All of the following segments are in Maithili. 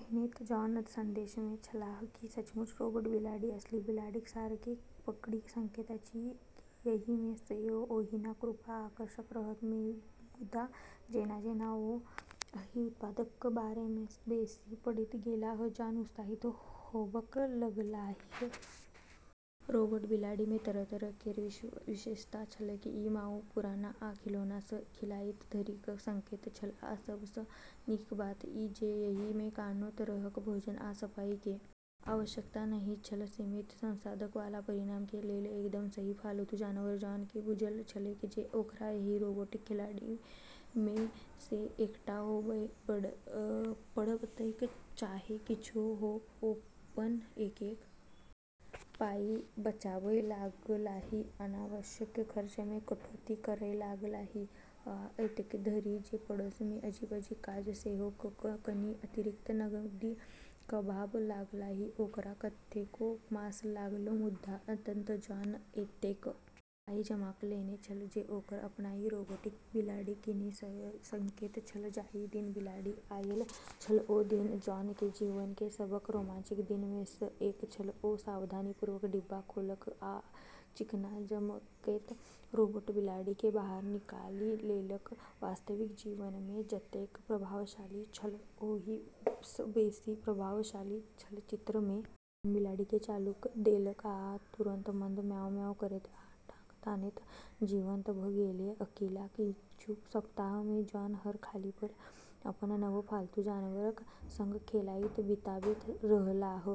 पहिने त जॉन संदेह मे छलाह। की सचमुच रोबोट बिलाड़ि असली बिलाड़िक सार के पकड़ि सकैत अछि? की एहि मे सेहो ओहिना कृपा आ आकर्षण रहत? मुदा जेना-जेना ओ एहि उत्पाद क बारे मे बेसी पढ़ैत गेलाह, जॉन उत्साहित होबय लगलाह। रोबोट बिलाड़ि मे तरह-तरह केर विशेषता छलैक ई म्याऊ, पुरना आ खिलौना सं खेलाइत धरि क सकैत छल आ सब सं नीक बात ई जे एहि में कोनो तरहक भोजन आ सफाई के आवश्यकता नहिं छल सीमित संसाधन वाला परिवार के लेल एकदम सही पालतू जानवर जॉन केँ बुझल छलैक जे ओकरा एहि रोबोटिक बिलाड़ि मे सँ एकटा होबय पड़तैक चाहे किछुओ हो, ओ अपन एक-एक पाइ बचाबय लगलाह, अनावश्यक खर्च मे कटौती करय लगलाह आ एतेक धरि जे पड़ोस मे अजीब-अजीब काज सेहो क क‌ कनि अतिरिक्त नगदी कमाब लगलाह ओकरा कतेको मास लागल मुदा अंततः जॉन एतेक पाइ जमा क' लेने छल जे ओकर अपनहि रोबोटिक बिलाड़ि कीनि सकैत छल जाहि दिन बिलाड़ि आयल छल ओ दिन जॉन के जीवन के सबस रोमांचक दिन में स एक छल ओ सावधानीपूर्वक डिब्बा खोललक आ चिकना चमकैत रोबोट बिलाड़ि केँ बाहर निकालि लेलक वास्तविक जीवन मे जतेक प्रभावशाली छल ओहि स बेसी प्रभावशाली छल चित्र मे। जॉन बिलाड़ि केँ चालू क देलक आ ओ तुरन्त मंद म्याऊ म्याऊ करैत आ टांग तानैत जीवंत भ गेलै। अगिला किछु सप्ताह मे जॉन हर खाली पल अपन नव पालतू जानवरक संग खेलाइत बिताबैत रहलाह।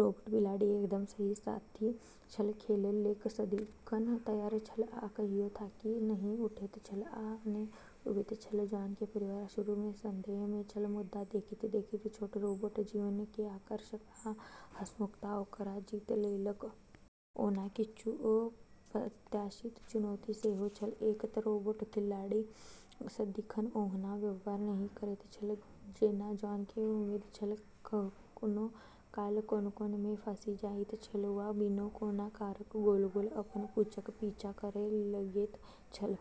रोबोट बिलाड़ि एकदम सही साथी छल, खेलय लेल सदिखन तैयार छल आ कहियो थाकि नहि उठैत छल आ ने ऊबैत छल, जॉन के परिवार शुरू में संदेह में छल मुदा देखैत-देखैत छोट रोबोट जीव के आकर्षण आ हंसमुखता ओकरा जीत लेलक। ओना किछु अप्रत्याशित चुनौती सेहो छल। एक त रोबोट बिलाड़ि सदिखन ओहिना व्यवहार नहि करैत छल जेना जॉन के उम्मीद छल कखनो काल कोन-कोन मे फँसि जाइत छल वा बिना कोनो कारणक गोल-गोल अपन पूँछक पीछा करय लगैत छल।